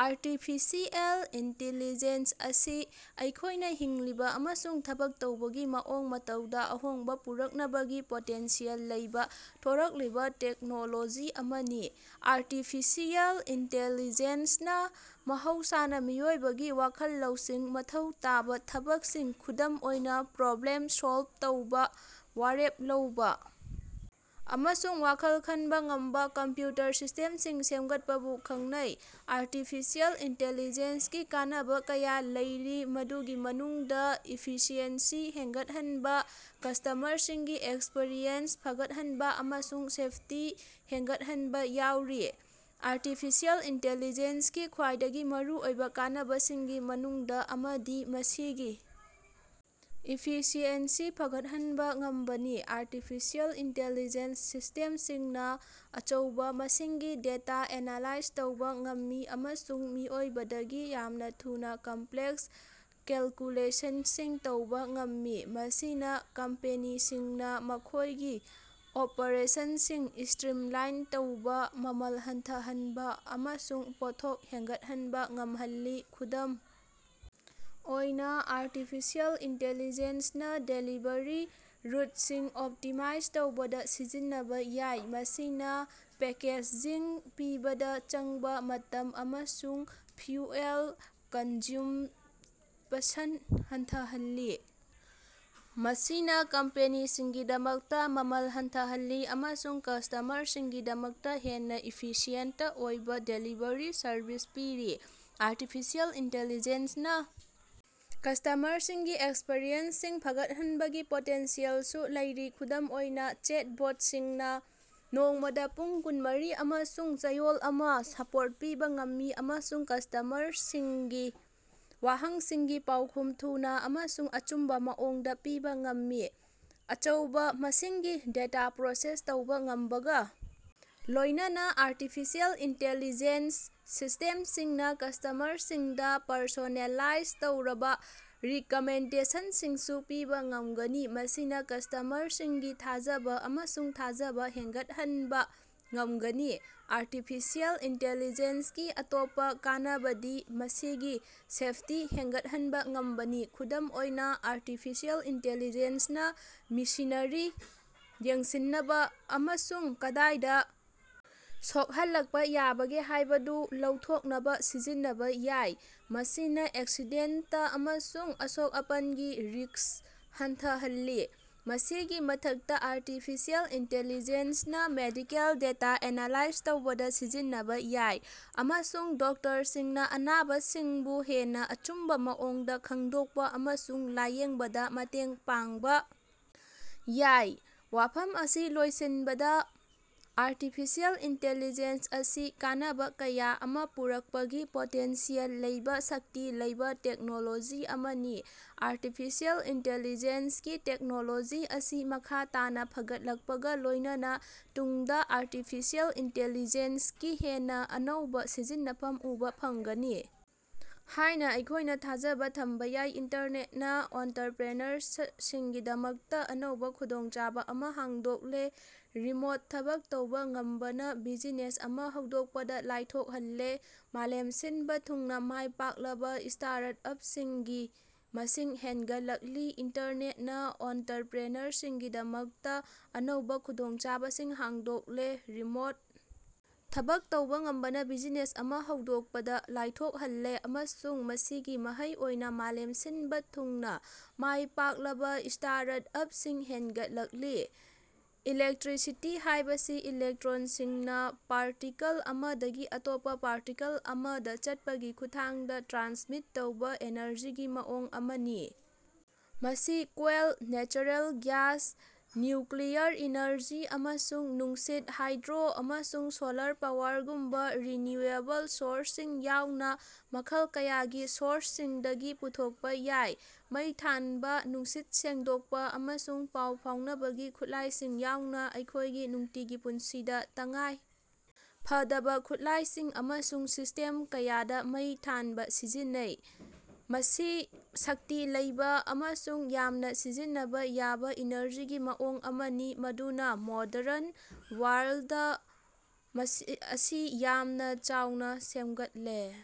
Artificial intelligence ꯑꯁꯤ ꯑꯩꯈꯣꯏꯅ ꯍꯤꯡꯂꯤꯕ ꯑꯃꯁꯨꯡ ꯊꯕꯛ ꯇꯧꯕꯒꯤ ꯃꯑꯣꯡ ꯃꯇꯧꯗ ꯑꯍꯣꯡꯕ ꯄꯨꯔꯛꯅꯕꯒꯤ ꯄꯣꯇꯦꯟꯁꯤꯌꯦꯜ ꯂꯩꯕ ꯊꯣꯔꯛꯂꯤꯕ ꯇꯦꯛꯅꯣꯂꯣꯖꯤ ꯑꯃꯅꯤ꯫ ꯑꯥꯔꯇꯤꯐꯤꯁꯤꯌꯦꯜ ꯏꯟꯇꯦꯂꯤꯖꯦꯟꯁꯅ ꯃꯍꯧꯁꯥꯅ ꯃꯤꯑꯣꯏꯕꯒꯤ ꯋꯥꯈꯜ ꯂꯧꯁꯤꯡ ꯃꯊꯧ ꯇꯥꯕ ꯊꯕꯛꯁꯤꯡ, ꯈꯨꯗꯝ ꯑꯣꯏꯅ ꯄ꯭ꯔꯣꯕ꯭ꯂꯦꯝ ꯁꯣꯜꯚ ꯇꯧꯕ, ꯋꯥꯔꯦꯞ ꯂꯧꯕ, ꯑꯃꯁꯨꯡ ꯋꯥꯈꯜ ꯈꯟꯕ ꯉꯝꯕ ꯀꯝꯄ꯭ꯌꯨꯇꯔ ꯁꯤꯁꯇꯦꯝꯁꯤꯡ ꯁꯦꯝꯒꯠꯄꯕꯨ ꯈꯪꯅꯩ꯫ ꯑꯥꯔꯇꯤꯐꯤꯁꯤꯑꯦꯜ ꯏꯟꯇꯦꯂꯤꯖꯦꯟꯁꯀꯤ ꯀꯥꯟꯅꯕ ꯀꯌꯥ ꯂꯩꯔꯤ꯫ ꯃꯗꯨꯒꯤ ꯃꯅꯨꯡꯗ ꯏꯐꯤꯁꯤꯑꯦꯟꯁꯤ ꯍꯦꯟꯒꯠꯍꯟꯕ, ꯀꯁꯇꯃꯔꯁꯤꯡꯒꯤ ꯑꯦꯛꯁꯄꯤꯔꯤꯌꯦꯟꯁ ꯐꯒꯠꯍꯟꯕ, ꯑꯃꯁꯨꯡ ꯁꯦꯐꯇꯤ ꯍꯦꯟꯒꯠꯍꯟꯕ ꯌꯥꯎꯔꯤ꯫ ꯑꯥꯔꯇꯤꯐꯤꯁꯤꯌꯦꯜ ꯏꯟꯇꯦꯂꯤꯖꯦꯟꯁ ꯀꯤ ꯈ꯭ꯋꯥꯏꯗꯒꯤ ꯃꯔꯨꯑꯣꯏꯕ ꯀꯥꯟꯅꯕꯁꯤꯡꯒꯤ ꯃꯅꯨꯡꯗ ꯑꯃꯗꯤ ꯃꯁꯤꯒꯤ ꯏꯐꯤꯁꯤꯑꯦꯟꯁꯤ ꯐꯒꯠꯍꯟꯕ ꯉꯝꯕꯅꯤ꯫ ꯑꯥꯔꯇꯤꯐꯤꯁꯤꯌꯦꯜ ꯏꯟꯇꯦꯂꯤꯖꯦꯟꯁ ꯁꯤꯁꯇꯦꯝꯁꯤꯡꯅ ꯑꯆꯧꯕ ꯃꯁꯤꯡꯒꯤ ꯗꯦꯇꯥ ꯑꯦꯅꯂꯥꯏꯖ ꯇꯧꯕ ꯉꯝꯃꯤ ꯑꯃꯁꯨꯡ ꯃꯤꯑꯣꯏꯕꯗꯒꯤ ꯌꯥꯝꯅ ꯊꯨꯅ ꯀꯝꯄ꯭ꯂꯦꯛꯁ ꯀꯦꯜꯀꯨꯂꯦꯁꯟꯁꯤꯡ ꯇꯧꯕ ꯉꯝꯃꯤ꯫ ꯃꯁꯤꯅ ꯀꯝꯄꯦꯅꯤꯁꯤꯡꯅ ꯃꯈꯣꯏꯒꯤ ꯑꯣꯄꯔꯦꯁꯟꯁꯤꯡ ꯁ꯭ꯇꯔꯤꯝꯂꯥꯏꯟ ꯇꯧꯕ, ꯃꯃꯜ ꯍꯟꯊꯍꯟꯕ ꯑꯃꯁꯨꯡ ꯄꯣꯠꯊꯣꯛ ꯍꯦꯟꯒꯠꯍꯟꯕ ꯉꯝꯍꯜꯂꯤ꯫ ꯈꯨꯗꯝ ꯑꯣꯏꯅ, ꯑꯥꯔꯇꯤꯐꯤꯁꯤꯌꯦꯜ ꯏꯟꯇꯦꯂꯤꯖꯦꯟꯁꯅ ꯗꯦꯂꯤꯚꯔꯤ ꯔꯨꯠꯁꯤꯡ ꯑꯣꯞꯇꯤꯃꯥꯏꯖ ꯇꯧꯕꯗ ꯁꯤꯖꯤꯟꯅꯕ ꯌꯥꯏ꯫ ꯃꯁꯤꯅ ꯄꯦꯀꯦꯖꯁꯤꯡ ꯄꯤꯕꯗ ꯆꯪꯕ ꯃꯇꯝ ꯑꯃꯁꯨꯡ ꯐ꯭ꯌꯨꯑꯦꯜ ꯀꯟꯖ꯭ꯌꯨꯝꯄꯁꯟ ꯍꯟꯊꯍꯜꯂꯤ꯫ ꯃꯁꯤꯅ ꯀꯝꯄꯦꯅꯤꯁꯤꯡꯒꯤꯗꯃꯛꯇ ꯃꯃꯜ ꯍꯟꯊꯍꯜꯂꯤ ꯑꯃꯁꯨꯡ ꯀꯁꯇꯃꯔꯁꯤꯡꯒꯤꯗꯃꯛꯇ ꯍꯦꯟꯅ ꯏꯐꯤꯁꯤꯌꯦꯟꯇ ꯑꯣꯏꯕ ꯗꯦꯂꯤꯚꯔꯤ ꯁꯔꯚꯤꯁ ꯑꯃ ꯄꯤꯔꯤ꯫ ꯑꯥꯔꯇꯤꯐꯤꯁꯤꯌꯦꯜ ꯏꯟꯇꯦꯂꯤꯖꯦꯟꯁꯅ ꯀꯁꯇꯃꯔꯁꯤꯡꯒꯤ ꯑꯦꯛꯁꯄꯤꯔꯤꯌꯦꯟꯁꯁꯤꯡ ꯐꯒꯠꯍꯟꯕꯒꯤ ꯄꯣꯇꯦꯟꯁꯤꯌꯦꯜꯁꯨ ꯂꯩꯔꯤ꯫ ꯈꯨꯗꯝ ꯑꯣꯏꯅ, ꯆꯦꯠꯕꯣꯠꯁꯤꯡꯅ ꯅꯣꯡꯃꯗ ꯄꯨꯡ ꯀꯨꯟꯃꯔꯤ ꯑꯃꯥꯁꯨꯡ ꯆꯌꯣꯜ ꯑꯃ ꯁꯄꯣꯔꯠ ꯄꯤꯕ ꯉꯝꯃꯤ ꯑꯃꯁꯨꯡ ꯀꯁꯇꯃꯔꯁꯤꯡꯒꯤ ꯋꯥꯍꯪꯁꯤꯡꯒꯤ ꯄꯥꯎꯈꯨꯝ ꯊꯨꯅ ꯑꯃꯁꯨꯡ ꯑꯆꯨꯝꯕ ꯃꯑꯣꯡꯗ ꯄꯤꯕ ꯉꯝꯃꯤ꯫ ꯑꯆꯧꯕ ꯃꯁꯤꯡꯒꯤ ꯗꯦꯇꯥ ꯄ꯭ꯔꯣꯁꯦꯁ ꯇꯧꯕ ꯉꯝꯕꯒ ꯂꯣꯏꯅꯅ ꯑꯥꯔꯇꯤꯐꯤꯁꯤꯌꯦꯜ ꯏꯟꯇꯦꯂꯤꯖꯦꯟꯁ ꯁꯤꯁꯇꯦꯝꯁꯤꯡꯅ ꯀꯁꯇꯃꯔꯁꯤꯡꯗ ꯄꯔꯁꯣꯅꯦꯜꯂꯥꯏꯖ ꯇꯧꯔꯕ ꯔꯤꯀꯃꯦꯟꯗꯦꯁꯟꯁꯤꯡꯁꯨ ꯄꯤꯕ ꯉꯝꯒꯅꯤ꯫ ꯃꯁꯤꯅ ꯀꯁꯇꯃꯔꯁꯤꯡꯒꯤ ꯊꯥꯖꯕ ꯑꯃꯁꯨꯡ ꯊꯥꯖꯕ ꯍꯦꯟꯒꯠꯍꯟꯕ ꯉꯝꯒꯅꯤ꯫ ꯑꯥꯔꯇꯤꯐꯤꯁꯤꯌꯦꯜ ꯏꯟꯇꯦꯂꯤꯖꯦꯟꯁꯀꯤ ꯑꯇꯣꯞꯄ ꯀꯥꯟꯅꯕꯗꯤ ꯃꯁꯤꯒꯤ ꯁꯦꯐꯇꯤ ꯍꯦꯟꯒꯠꯍꯟꯕ ꯉꯝꯕꯅꯤ꯫ ꯈꯨꯗꯝ ꯑꯣꯏꯅ, ꯑꯥꯔꯇꯤꯐꯤꯁꯤꯌꯦꯜ ꯏꯟꯇꯦꯟꯂꯤꯖꯦꯟꯁꯅ ꯃꯦꯁꯤꯅꯔꯤ ꯌꯦꯡꯁꯤꯟꯅꯕ ꯑꯃꯁꯨꯡ ꯀꯗꯥꯏꯗ ꯁꯣꯛꯍꯜꯂꯛꯄ ꯌꯥꯕꯒꯦ ꯍꯥꯏꯕꯗꯨ ꯂꯧꯊꯣꯛꯅꯕ ꯁꯤꯖꯤꯟꯅꯕ ꯌꯥꯏ꯫ ꯃꯁꯤꯅ ꯑꯦꯛꯁꯤꯗꯦꯟꯇ ꯑꯃꯁꯨꯡ ꯑꯁꯣꯛ-ꯑꯄꯟꯒꯤ ꯔꯤꯁ꯭ꯛ ꯍꯟꯊꯍꯜꯂꯤ꯫ ꯃꯁꯤꯒꯤ ꯃꯊꯛꯇ, ꯑꯥꯔꯇꯤꯐꯤꯁꯤꯌꯦꯜ ꯏꯟꯇꯦꯂꯤꯖꯦꯟꯁꯅ ꯃꯦꯗꯤꯀꯜ ꯗꯦꯇꯥ ꯑꯦꯅꯂꯥꯏꯖ ꯇꯧꯕꯗ ꯁꯤꯖꯤꯟꯅꯕ ꯌꯥꯏ ꯑꯃꯁꯨꯡ ꯗꯣꯛꯇꯔꯁꯤꯡꯅ ꯑꯅꯥꯕꯁꯤꯡꯕꯨ ꯍꯦꯟꯅ ꯑꯆꯨꯝꯕ ꯃꯑꯣꯡꯗ ꯈꯪꯗꯣꯛꯄ ꯑꯃꯁꯨꯡ ꯂꯥꯌꯦꯡꯕꯗ ꯃꯇꯦꯡ ꯄꯥꯡꯕ ꯌꯥꯏ꯫ ꯋꯥꯐꯝ ꯑꯁꯤ ꯂꯣꯏꯁꯤꯟꯕꯗ ꯑꯥꯔꯇꯤꯐꯤꯁꯤꯑꯦꯜ ꯏꯟꯇꯦꯂꯤꯖꯦꯟꯁ ꯑꯁꯤ ꯀꯥꯟꯅꯕ ꯀꯌꯥ ꯑꯃ ꯄꯨꯔꯛꯄꯒꯤ ꯄꯣꯇꯦꯟꯁꯤꯌꯦꯜ ꯂꯩꯕ ꯁꯛꯇꯤ ꯂꯩꯕ ꯇꯦꯛꯅꯣꯂꯣꯖꯤ ꯑꯃꯅꯤ꯫ ꯑꯥꯔꯇꯤꯐꯤꯁꯤꯌꯦꯜ ꯏꯟꯇꯦꯂꯤꯖꯦꯟꯁꯀꯤ ꯇꯦꯛꯅꯣꯂꯣꯖꯤ ꯑꯁꯤ ꯃꯈꯥ ꯇꯥꯅ ꯐꯒꯠꯂꯛꯄꯒ ꯂꯣꯏꯅꯅ ꯇꯨꯡꯗ ꯑꯥꯔꯇꯤꯐꯤꯁꯤꯌꯦꯜ ꯏꯟꯇꯦꯂꯤꯖꯦꯟꯁꯀꯤ ꯍꯦꯟꯅ ꯑꯅꯧꯕ ꯁꯤꯖꯤꯟꯅꯐꯝ ꯎꯕ ꯐꯪꯒꯅꯤ ꯍꯥꯏꯅ ꯑꯩꯈꯣꯏꯅ ꯊꯥꯖꯕ ꯊꯝꯕ ꯌꯥꯏ꯫ ꯏꯟꯇꯔꯅꯦꯠꯅ ꯑꯣꯟꯇꯔꯄ꯭ꯔꯦꯅꯔꯁꯤꯡꯒꯤꯗꯃꯛꯇ ꯑꯅꯧꯕ ꯈꯨꯗꯣꯡꯆꯥꯕ ꯑꯃ ꯍꯥꯡꯗꯣꯛꯂꯦ꯫ ꯔꯤꯃꯣꯠ ꯊꯕꯛ ꯇꯧꯕ ꯉꯝꯕꯅ ꯕꯤꯖꯤꯅꯦꯁ ꯑꯃ ꯍꯧꯗꯣꯛꯄꯗ ꯂꯥꯏꯊꯣꯛꯍꯜꯂꯦ꯫ ꯃꯥꯂꯦꯝ ꯁꯤꯟꯕ ꯊꯨꯡꯅ ꯃꯥꯏ ꯄꯥꯛꯂꯕ ꯁ꯭ꯇꯥꯔꯠ-ꯑꯞꯁꯤꯡꯒꯤ ꯃꯁꯤꯡ ꯍꯦꯟꯒꯠꯂꯛꯂꯤ꯫ ꯏꯟꯇꯔꯅꯦꯠꯅ ꯑꯣꯟꯇꯔꯄ꯭ꯔꯦꯅꯔꯁꯤꯡꯒꯤꯗꯃꯛꯇ ꯑꯅꯧꯕ ꯈꯨꯗꯣꯡꯆꯥꯕꯁꯤꯡ ꯍꯥꯡꯗꯣꯛꯂꯦ꯫ ꯔꯤꯃꯣꯠ ꯊꯕꯛ ꯇꯧꯕ ꯉꯝꯕꯅ ꯕꯤꯖꯤꯅꯦꯁ ꯑꯃ ꯍꯧꯗꯣꯛꯄꯗ ꯂꯥꯏꯊꯣꯛꯍꯜꯂꯦ ꯑꯃꯁꯨꯡ ꯃꯁꯤꯒꯤ ꯃꯍꯩ ꯑꯣꯏꯅ ꯃꯥꯂꯦꯝ ꯁꯤꯟꯕ ꯊꯨꯡꯅ ꯃꯥꯏ ꯄꯥꯛꯂꯕ ꯁ꯭ꯇꯥꯔꯠ-ꯑꯞꯁꯤꯡ ꯍꯦꯟꯒꯠꯂꯛꯂꯤ꯫ ꯏꯂꯦꯛꯇ꯭ꯔꯤꯁꯤꯇꯤ ꯍꯥꯏꯕꯁꯤ ꯏꯂꯦꯛꯇ꯭ꯔꯣꯟꯁꯤꯡꯅ ꯄꯥꯔꯇꯤꯀꯜ ꯑꯃꯗꯒꯤ ꯑꯇꯣꯞꯄ ꯄꯥꯔꯇꯤꯀꯜ ꯑꯃꯗ ꯆꯠꯄꯒꯤ ꯈꯨꯠꯊꯥꯡꯗ ꯇ꯭ꯔꯥꯟꯁꯃꯤꯠ ꯇꯧꯕ ꯑꯦꯅꯔꯖꯤꯒꯤ ꯃꯑꯣꯡ ꯑꯃꯅꯤ꯫ ꯃꯁꯤ coal, natural gas, nuclear energy ꯑꯃꯁꯨꯡ ꯅꯨꯡꯁꯤꯠ, ꯍꯥꯏꯗ꯭ꯔꯣ, ꯑꯃꯁꯨꯡ ꯁꯣꯂꯔ ꯄꯥꯋꯔꯒꯨꯝꯕ ꯔꯤꯅ꯭ꯌꯨꯑꯦꯕꯜ ꯁꯣꯔꯁꯁꯤꯡ ꯌꯥꯎꯅ ꯃꯈꯜ ꯀꯌꯥꯒꯤ ꯁꯣꯔꯁꯁꯤꯡꯗꯒꯤ ꯄꯨꯊꯣꯛꯄ ꯌꯥꯏ꯫ ꯃꯩ ꯊꯥꯟꯕ, ꯅꯨꯡꯁꯤꯠ ꯁꯦꯡꯗꯣꯛꯄ ꯑꯃꯁꯨꯡ ꯄꯥꯎ ꯐꯥꯎꯅꯕꯒꯤ ꯈꯨꯠꯂꯥꯏꯁꯤꯡ ꯌꯥꯎꯅ ꯑꯩꯈꯣꯏꯒꯤ ꯅꯨꯡꯇꯤꯒꯤ ꯄꯨꯟꯁꯤꯗ ꯇꯉꯥꯏ ꯐꯗꯕ ꯈꯨꯠꯂꯥꯏꯁꯤꯡ ꯑꯃꯁꯨꯡ ꯁꯤꯁꯇꯦꯝ ꯀꯌꯥꯗ ꯃꯩ ꯊꯥꯟꯕ ꯁꯤꯖꯤꯟꯅꯩ꯫ ꯃꯁꯤ ꯁꯛꯇꯤ ꯂꯩꯕ ꯑꯃꯁꯨꯡ ꯌꯥꯝꯅ ꯁꯤꯖꯤꯟꯅꯕ ꯌꯥꯕ ꯏꯅꯔꯖꯤꯒꯤ ꯃꯑꯣꯡ ꯑꯃꯅꯤ ꯃꯗꯨꯅ ꯃꯣꯗꯔꯟ ꯋꯥꯔꯜꯗ ꯑꯁꯤ ꯌꯥꯝꯅ ꯆꯥꯎꯅ ꯁꯦꯝꯒꯠꯂꯦ꯫